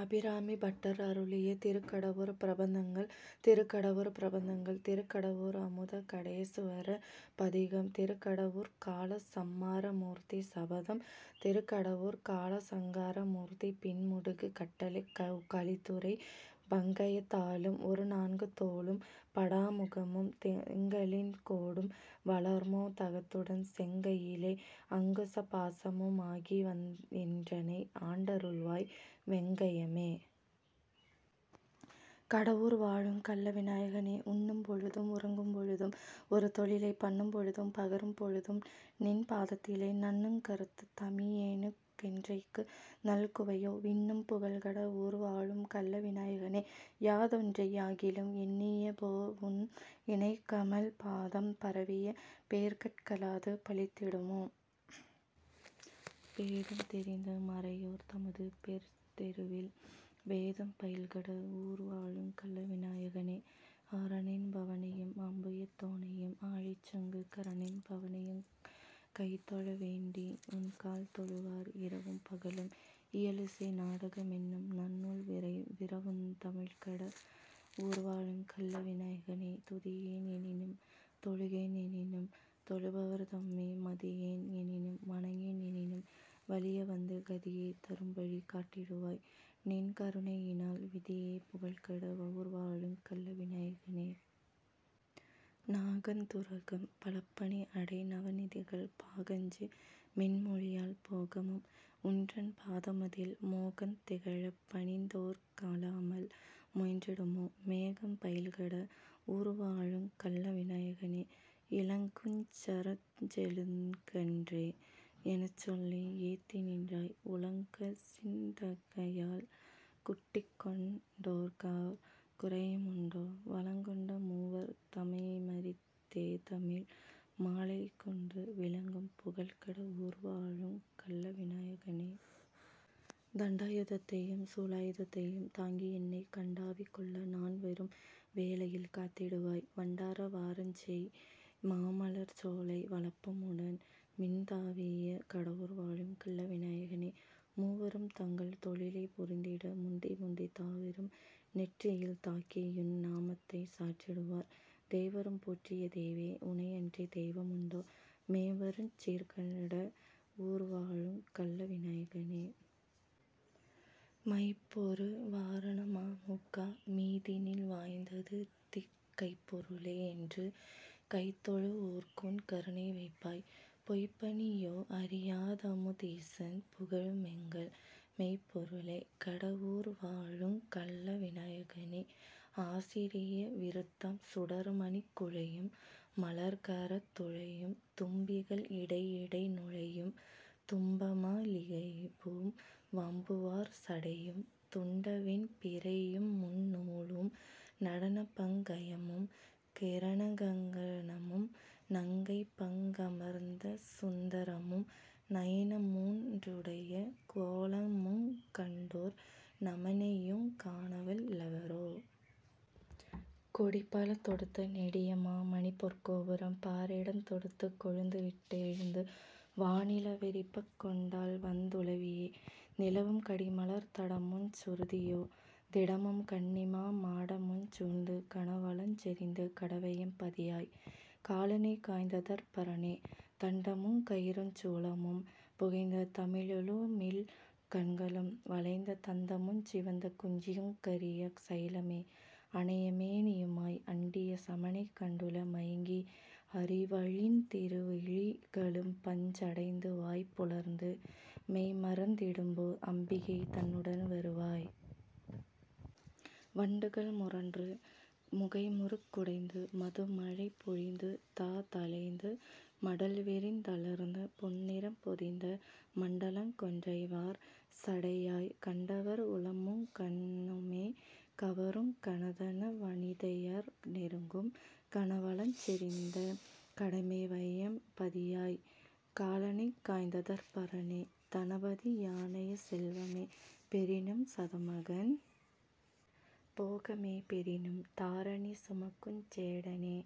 அபிராமிபட்டர் அருளிய திருக்கடவூர் பிரபந்தங்கள் திருக்கடவூர் பிரபந்தங்கள். திருக்கடவூர் அமுதகடேசுவரர் பதிகம். திருக்கடவூர்க் காலசம்மாரமூர்த்தி சபதம். திருக்கடவூர்க் காலசங்கார மூர்த்தி பின்முடுகு கட்டளைக் கலித்துறை பங்கயத் தாளும் ஒருநான்கு தோளும் படாமுகமும் திங்களின் கோடும் வளர்மோ தகத்துடன் செங்கையிலே அங்குச பாசமு மாகிவந் என்றனை ஆண்டருள்வாய்; வெங்கய மே! கட வூர்வாழுங் கள்ள விநாயகனே!. உண்ணும் பொழுதும் உறங்கும் பொழுதும் ஒருதொழிலைப் பண்ணும் பொழுதும் பகரும் பொழுதும்நின் பாதத்திலே நண்ணுங் கருத்துத் தமியேனுக் கென்றைக்கு நல்குவையோ? விண்ணும் புகழ்கட வூர்வாழும் கள்ள விநாயகனே!. யாதொன்றை யாகிலும் எண்ணிய போ உன் இணைக்கமல் பாதம் பரவிய பேர்கட் கலாது பலித்திடுமோ? பேதம் தெரிந்த மறையோர் தமது பெருச்தெருவில் வேதம் பயில்கட வூர்வாழுங் கள்ள விநாயகனே!. அரனென் பவனையும் அம்புயத் தோனையும் ஆழிசங்கு கரனென் பவனையுங் கைதொழ வேண்டி உன் கால்தொழுவார் இரவும் பகலும் இயலிசை நாடக மென்னும் நன்னூல் விரவுந் தமிழ்க்கட வூர்வாழுங் கள்ள விநாயகனே!. துதியேன் எனினும் தொழுகேன் எனினும் தொழுபவர்தமை மதியேன் எனினும் வணங்கேன் எனினும் வலியவந்து கதியே தரும்வழி காட்டிடுவாய்; நின் கருணையினால் விதியே புகழ்க்கட வூர்வாழுங் கள்ள விநாயகனே!. நாக ந்துரகம் பலபணி அடை நவநிதிகள் பாகஞ்சு மென்மொழியாள் போகமும் உன்றன் பாதமதில் மோகந் திகழப் பணிந்தோர்க் அலாமல் முயன்றிடுமோ? மேகம் பயில்கட வூர்வாழுங் கள்ள விநாயகனே!. இளங்குஞ் சரச்செழுங் கன்றே! எனச்சொலி ஏத்திநின்றாய் உளங்கசிந் தங்கையால் குட்டிக்கொண் டோர்க்கோர் குறையுமுண்டோ? வளங்கொண்ட மூவர் தமைமறித் தேதமிழ் மாலைகொண்டு விளங்கும் புகழ்க்கட வூர்வாழுங் கள்ள விநாயகனே!. தண்டாயுதத்தையும் சூலாயுதத்தையும் தாங்கியென்னைக் கண்டாவிகொள்ள நான் வரும் வேளையில் காத்திடுவாய் வண்டாரவாரஞ்செய் மாமலர்ச்சோலை வளப்பமுடன் விண்தாவிய கடவூர் வாழும் கள்ள விநாயகனே. மூவரும் தங்கள் தொழிலே புரிந்திட முந்திமுந்தித் தாவரும் நெற்றியில் தாக்கியுன் நாமத்தைச் சாற்றிடுவார்; தேவரும் போற்றிய தேவே! உனையன்றித் தெய்வமுண்டோ? மேவருஞ் சீர்கட வூர்வாழுங் கள்ள விநாயகனே!. மைப்பொரு வாரண மாமுக மீதினில் வாய்ந்ததுதிக் கைப்பொரு ளே! என்று கைதொழு வோர்குன் கருணைவைப்பாய்; பொய்ப்பணி யோஅறி யாதமு தீசன் புகழுமெங்கள் மெய்ப்பொருளே! கட வூர்வாழுங் கள்ள விநாயகனே!. ஆசிரிய விருத்தம் சுடர்மணிக் குழையும் மலர்க்கரத் துழையும் தும்பிகள் இடையிடை நுழையும் தும்பமா லிகைபும் வம்புவார் சடையும் துண்டவெண் பிறையுமுந் நூலும் நடனபங் கயமும் கிரணகங் கணமும் நங்கைபங் கமர்ந்தசுந் தரமும் நயனமூன் றுடைய கோலமுங் கண்டோர் நமனையுங் காணவல் லவரோ? கொடிபல தொடுத்த நெடியமா மணிபொற் கோபுரம் பாரிடந் தொடுத்துக் கொழுந்துவிட் டெழுந்து வாணில வெறிப்பக் கொண்டால் வந் துலவியே நிலவும் கடிமலர்த் தடமுஞ் சுருதியோ திடமும் கன்னிமா மாடமுஞ் சூழ்ந்து கனவளஞ் செறிந்த கடவையம் பதியாய்! காலனைக் காய்ந்ததற் பரனே!. தண்டமுங் கயிறுஞ் சூலமும் புகைந்த தழலுமிழ் கண்களும் வளைந்த தந்தமுஞ் சிவந்த குஞ்சியுங் கரிய சைலமே அனையமே னியுமாய் அண்டிய சமனைக் கண்டுள மயங்கி அறிவழிந் திருவிழி களும்பஞ் அடைந்துவாய் புலர்ந்து மெய்மறந் திடும்போ அம்பிகை தன்னுடன் வருவாய்! வண்டுகள் முரன்று முகைமுறுக் குடைந்து மதுமழை பொழிந்துதா தளைந்து மடல்விரிந் தலர்ந்து பொன்னிறம் பொதிந்த மண்டலங் கொன்றைவார் சடையாய்! கண்டவர் உளமுங் கண்ணுமே கவருங் கனதன வனிதையர் நெருங்கும் கனவளஞ் செறிந்த கடமைவையம் பதியாய்! காலனைக் காய்ந்ததற் பரனே!. தனபதி யானைய செல்வமே பெறினும் சதமகன் போகமே பெறினும் தாரணி சுமக்குஞ் சேடனே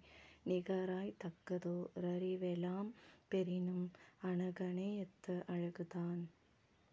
நிகராய்த் தக்கதோ ரறிவெலாம் பெறினும் அனகனையத்த அழகுதான்